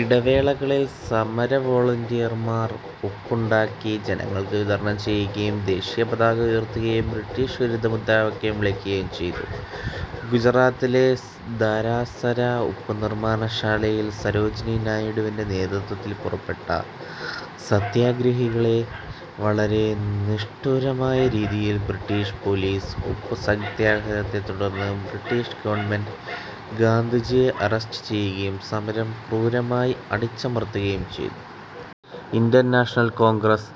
ഇടവേളകളിൽ സമരവോളന്റിയർമാർ ഉപ്പുണ്ടാക്കി ജനങ്ങൾക്ക് വിതരണം ചെയ്യുകയും ദേശീയപതാക ഉയർത്തുകയും ബ്രിട്ടീഷ് വിരുദ്ധ മുദ്രാവാക്യം വിളിക്കുകയും ചെയ്തു. ഗുജറാത്തിലെ ധരാസന ഉപ്പുനിർമാണശാലയിലേക്ക് സരോജിനി നായിഡുവിന്റെ നേതൃത്വത്തിൽ പുറപ്പെട്ട സത്യഗ്രഹികളെ വളരെ നിഷ്ഠൂരമായ രീതിയിൽ ബ്രിട്ടീഷ് പോലീസ് നേരിട്ടു. ഉപ്പുസത്യഗ്രഹത്തെത്തുടർന്ന് ബ്രിട്ടീഷ് ഗവൺമെന്റ് ഗാന്ധിജിയെ അറസ്റ്റ് ചെയ്യുകയും സമരം ക്രൂരമായി അടിച്ചമർത്തുകയും ചെയ്തു. ഇന്ത്യൻ നാഷണൽ കോൺഗ്രസ്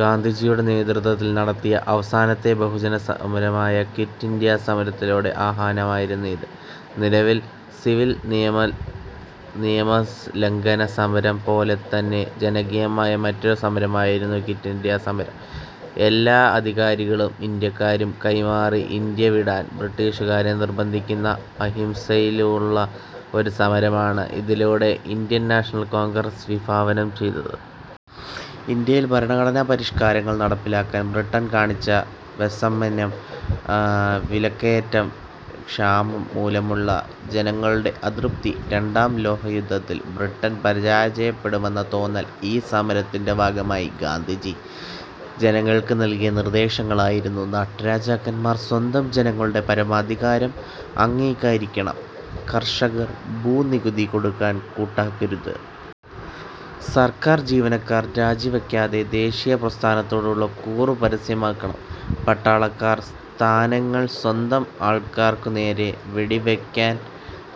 ഗാന്ധിജിയുടെ നേതൃത്വത്തിൽ നടത്തിയ അവസാനത്തെ ബഹുജനസമരമായ ക്വിറ്റ് ഇന്ത്യാ സമരത്തിനുള്ള ആഹ്വാനമായിരുന്നു ഇത്. സിവിൽ നിയമലംഘന സമരം പോലെത്തന്നെ ജനകീയമായ മറ്റൊരു സമരമായിരുന്നു ക്വിറ്റ് ഇന്ത്യാ സമരം. എല്ലാ അധികാരങ്ങളും ഇന്ത്യക്കു കൈമാറി ഇന്ത്യ വിടാൻ ബ്രിട്ടീഷുകാരെ നിർബന്ധിക്കുന്ന അഹിംസയിലൂന്നിയുള്ള ഒരു സമരമാണ് ഇതിലൂടെ ഇന്ത്യൻ നാഷണൽ കോൺഗ്രസ് വിഭാവനം ചെയ്തത്. ഇന്ത്യയിൽ ഭരണഘടനാ പരിഷ്കാരങ്ങൾ നടപ്പിലാക്കാൻ ബ്രിട്ടൺ കാണിച്ച വൈമനസ്യം. വിലക്കയറ്റവും ക്ഷാമവും മൂലമുള്ള ജനങ്ങളുടെ അതൃപ്തി. രണ്ടാം ലോകയുദ്ധത്തിൽ ബ്രിട്ടൻ പരാജയപ്പെടുമെന്ന തോന്നൽ. ഈ സമരത്തിന്റെ ഭാഗമായി ഗാന്ധിജി ജനങ്ങൾക്ക് നൽകിയ നിർദേശങ്ങളായിരുന്നു. നാട്ടുരാജാക്കന്മാർ സ്വന്തം ജനങ്ങളുടെ പരമാധികാരം അംഗീകരിക്കണം. കർഷകർ ഭൂനികുതി കൊടുക്കാൻ കൂട്ടാക്കരുത്. സർക്കാർ ജീവനക്കാർ രാജിവയ്ക്കാതെ ദേശീയപ്രസ്ഥാനത്തോടുള്ള കൂറ് പരസ്യമാക്കണം. പട്ടാളക്കാർ സ്ഥാനങ്ങൾ സ്വന്തം ആൾക്കാർക്കുനേരെ വെടിവയ്ക്കാൻ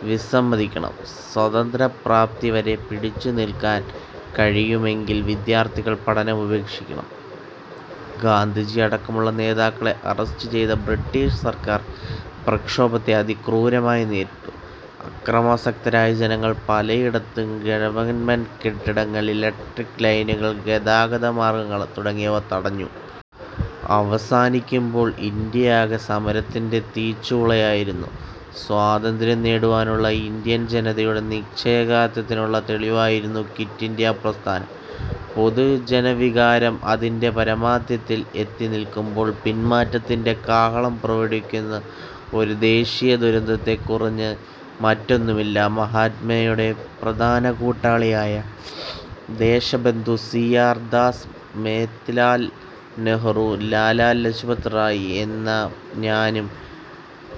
വിസമ്മതിക്കണം. സ്വാതന്ത്ര്യപ്രാപ്തി വരെ പിടിച്ചു നിൽക്കാൻ കഴിയുമെങ്കിൽ വിദ്യാർഥികൾ പഠനം ഉപേക്ഷിക്കണം. ഗാന്ധിജി അടക്കമുള്ള നേതാക്കളെ അറസ്റ്റ് ചെയ്ത ബ്രിട്ടീഷ് സർക്കാർ പ്രക്ഷോഭത്തെ അതിക്രൂരമായി നേരിട്ടു. അക്രമാസക്തരായ ജനങ്ങൾ പലയിടങ്ങളിലും ഗവൺമെന്റ് കെട്ടിടങ്ങൾ, ഇലക്ട്രിക് ലൈനുകൾ, ഗതാഗത മാർഗങ്ങൾ തുടങ്ങിയവ തകർത്തു. അവസാനിക്കുമ്പോൾ ഇന്ത്യയാകെ സമരത്തിന്റെ തീച്ചൂളയിലായിരുന്നു. സ്വാതന്ത്ര്യം നേടാനുള്ള ഇന്ത്യൻ ജനതയുടെ നിശ്ചയദാർഢ്യത്തിനുള്ള തെളിവായിരുന്നു ക്വിറ്റ് ഇന്ത്യാ പ്രസ്ഥാനം. പൊതുജനവികാരം അതിന്റെ പാരമ്യത്തിൽ എത്തിനിൽക്കുമ്പോൾ പിൻമാറ്റത്തിന്റെ കാഹളം പുറപ്പെടുവിക്കുന്നത് ഒരു ദേശീയദുരന്തത്തിൽ കുറഞ്ഞ് മറ്റൊന്നുമല്ല. മഹാത്മയുടെ പ്രധാന കൂട്ടാളികളായ ദേശബന്ധു സി. ആർ. ദാസ്, മോത്തിലാൽ നെഹ്റു, ലാലാ ലജ്പത് റായ്,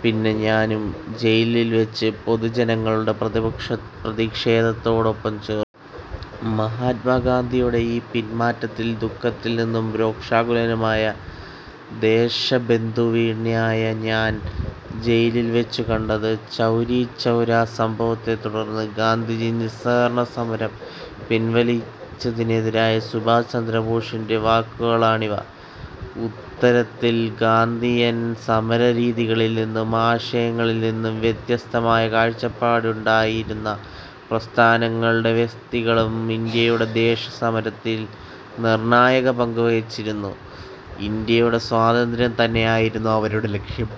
പിന്നെ ഞാനും ജയിലിൽ വച്ച് പൊതുജനങ്ങളുടെ പ്രതിഷേധത്തോടൊപ്പം ചേർന്നു. മഹാത്മാഗാന്ധിയുടെ ഈ പിൻമാറ്റത്തിൽ ദുഃഖിതനും രോഷാകുലനുമായ ദേശബന്ധുവിനെയായിരുന്നു ഞാൻ ജയിലിൽ വച്ചു കണ്ടത്. ചൗരിചൗര സംഭവത്തെത്തുടർന്ന് ഗാന്ധിജി നിസ്സഹകരണസമരം പിൻവലിച്ചതിനെതിരായ സുഭാഷ് ചന്ദ്രബോസിന്റെ വാക്കുകളാണിവ. ഇത്തരത്തിൽ ഗാന്ധിയൻ സമരരീതികളിൽനിന്നും ആശയങ്ങളിൽനിന്നും വ്യത്യസ്തമായ കാഴ്ചപ്പാടുണ്ടായിരുന്ന പ്രസ്ഥാനങ്ങളും വ്യക്തികളും ഇന്ത്യയുടെ ദേശീയസമരത്തിൽ നിർണായക പങ്കുവഹിച്ചിരുന്നു. ഇന്ത്യയുടെ സ്വാതന്ത്ര്യം തന്നെയായിരുന്നു അവരുടെയും ലക്ഷ്യം.